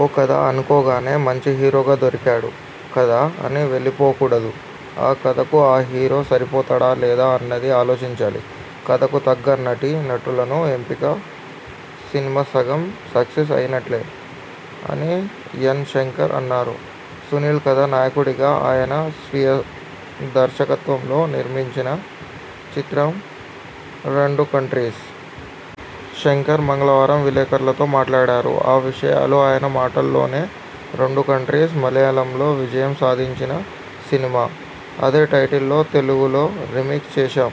ఓ కథ అనుకోగానే మంచి హీరోగా దొరికాడు కదా అని వెళ్లి పోకూడదు. ఆ కథకు ఆ హీరో సరిపోతాడ లేదా అన్నది ఆలోచించాలి. కథకు తగ్గ నటీ నటులను ఎంపిక సినిమా సగం సక్సెస్ అయినట్లే'' అని ఎన్. శంకర్ అన్నారు. సునీల్ కథా నాయకుడిగా ఆయన స్వీయ దర్శకత్వంలో నిర్మించిన చిత్రం 'రెండు కంట్రీస్'. శంకర్ మంగళవారం విలేకర్లతో మాట్లాడారు. ఆ విషయాలు ఆయన మాటల్లోనే 'రెండు కంట్రీస్' మలయాళంలో విజయం సాధించిన సినిమా. అదే టైటిల్లో తెలుగులో రీమేక్ చేశాం.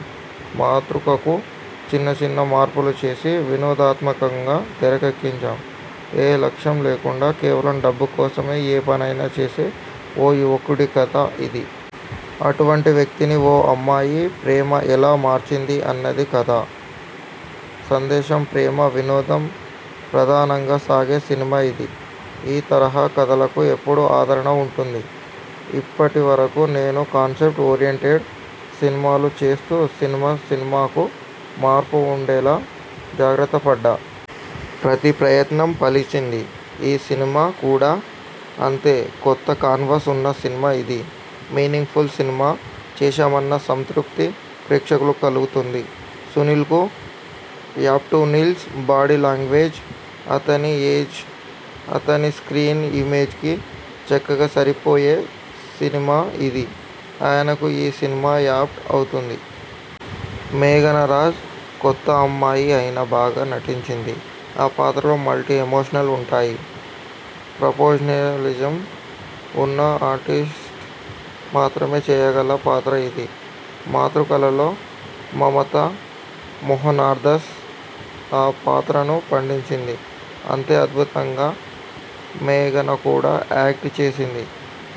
మాతృకకు చిన్నచిన్న మార్పులు చేసి వినోదాత్మకంగా తెరకెక్కించాం. ఏ లక్ష్యం లేకుండా కేవలం డబ్బు కోసమే ఏ పనైనా చేసే ఓ యువకుడి కథ ఇది. అటువంటి వ్యక్తిని ఓ అమ్మాయి ప్రేమ ఎలా మార్చింది అన్నది కథ. సందేశం, ప్రేమ, వినోదం ప్రధానంగా సాగే సినిమా ఇది. ఈ తరహా కథలకు ఎప్పుడూ ఆదరణ ఉంటుంది. ఇప్పటి వరకూ నేను కాన్సెప్ట్ ఓరియంటెడ్ సినిమాలు చేస్తూ సినిమా, సినిమాకూ మార్పు ఉండేలా జాగ్రత్త పడ్డా. ప్రతి ప్రయత్నం ఫలించింది. ఈ సినిమా కూడా అంతే. కొత్త కాన్వాస్ ఉన్న సినిమా ఇది. మీనింగ్ ఫుల్ సినిమా చేశామన్న సంతృప్తి ప్రేక్షకులకు కలుగుతుంది. సునీల్కు యాప్ట్సునీల్ బాడీ లాంగ్వేజ్, అతని ఏజ్, అతని స్ర్కీన్ ఇమేజ్కి చక్కగా సరిపోయే సినిమా ఇది. ఆయనకు ఈ సినిమా యాప్ట్ అవుతుంది. మేఘనా రాజ్ కొత్తమ్మాయి అయినా బాగా నటించింది. ఆ పాత్రలో మల్టీ ఎమోషనల్ ఉంటాయి. ప్రొఫషనలిజం ఉన్న ఆర్టిస్ట్ మాత్రమే చేయగల పాత్ర అది. మాతృకలో మమతా మోహన్దాస్ ఆ పాత్రను పండించింది. అంతే అద్భుతంగా మేఘనా కూడా యాక్ట్ చేసింది.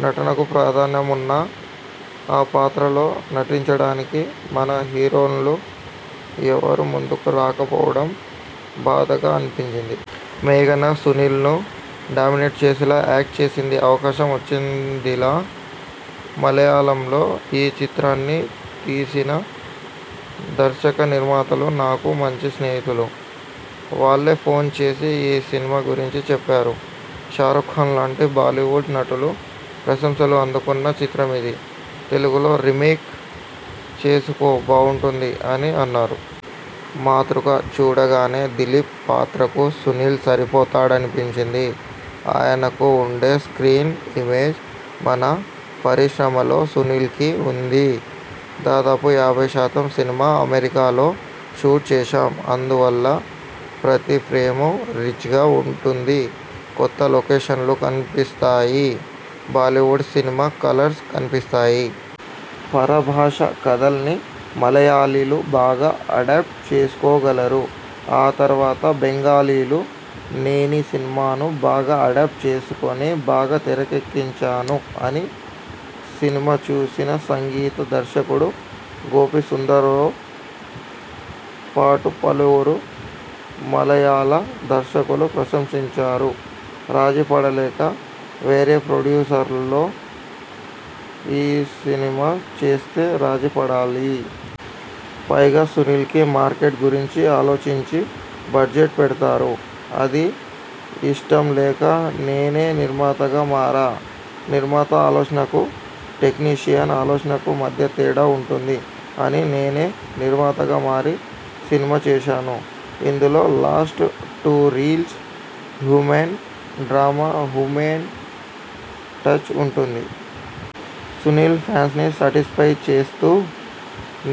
నటనకు ప్రాధాన్యమున్న ఆ పాత్రలో నటించడానికి మన హీరోయిన్లు ఎవరూ ముందుకు రాకపోవడం బాధగా అనిపించింది. మేఘనా సునీల్ను డామినేట్ చేసేలా యాక్ట్ చేసింది. అవకాశం వచ్చిందిలా మలయాళంలో ఈ చిత్రాన్ని తీసిన దర్శక నిర్మాతలు నాకు మంచి స్నేహితులు. వాళ్లే ఫోన్ చేసి ఈ సినిమా గురించి చెప్పారు. షారుక్ఖాన్లాంటి బాలీవుడ్ నటులు ప్రశంసలు అందుకున్న చిత్రమిది. తెలుగులో రీమేక్ చేసుకో బావుంటుంది అని అన్నారు. మాతృక చూడగానే దిలీప్ పాత్రకు సునీల్ సరిపోతాడనిపించింది. ఆయనకు ఉండే స్క్రీన్ ఇమేజ్ మన పరిశ్రమలో సునీల్కి ఉంది. దాదాపు యాభై శాతం సినిమా అమెరికాలో షూట్ చేశాం. అందువల్ల ప్రతి ఫ్రేమూ రిచ్గా ఉంటుంది. కొత్త లొకేషన్లు కనిపిస్తాయి. బాలీవుడ్ సినిమా కలర్స్ కనిపిస్తాయి. పరభాషా కథల్ని మలయాళీలు బాగా అడాప్ట్ చేసుకో గలరు. ఆ తర్వాత బెంగాలీలు. నేనీ సినిమాను బాగా అడాప్ట్ చేసుకుని బాగా తెరకెక్కించాను అని సినిమా చూసిన సంగీత దర్శకుడు గోపీసుందరో పాటు పలువరు మలయాళ దర్శకులు ప్రశంసించారు. రాజీపడలేక వేరే ప్రొడ్యూసరో ఈ సినిమా చేస్తే రాజీపడాలి. పైగా సునీల్కి మార్కెట్ గురించి ఆలోచించి బడ్జెట్ పెడతారు. అది ఇష్టం లేక నేనే నిర్మాతగా మారా, నిర్మాత ఆలోచనకు, టెక్నీషియన్ ఆలోచనకు మధ్య తేడా ఉంటుంది. అని నేనే నిర్మాతగా మారి సినిమా చేశాను. ఇందులో last two reels human drama, human touch ఉంటుంది. సునీల్ ఫ్యాన్స్ ని శాటిస్ఫై చేస్తూ,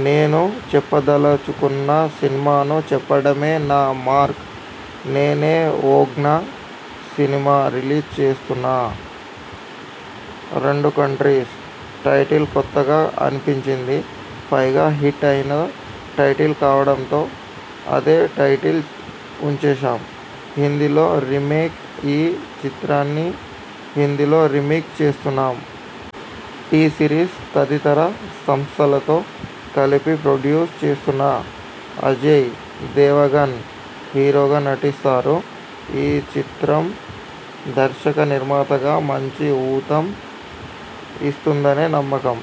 నేను చెప్పదలచుకున్న సినిమాను చెప్పడమే నా మార్క్. నేనే ఓజ్ఞ సినిమా రిలీజ్ చేస్తున్నా. 'రెండు కంట్రీస్' టైటిల్ కొత్తగా అనిపించింది. పైగా హిట్ అయిన టైటిల్ కావడంతో అదే టైటిల్ ఉంచేశాం. హిందీలో రీమేక్ఈ చిత్రాన్ని హిందీలో రీమేక్ చేస్తున్నాం. టీ సిరీస్, తదితర సంస్థలతో కలిపి ప్రొడ్యూస్ చేస్తున్నా. అజయ్ దేవ్గణ్ హీరోగా నటిస్తారు. ఈ చిత్రం దర్శక నిర్మాతగా మంచి ఊతం ఇస్తుందనే నమ్మకం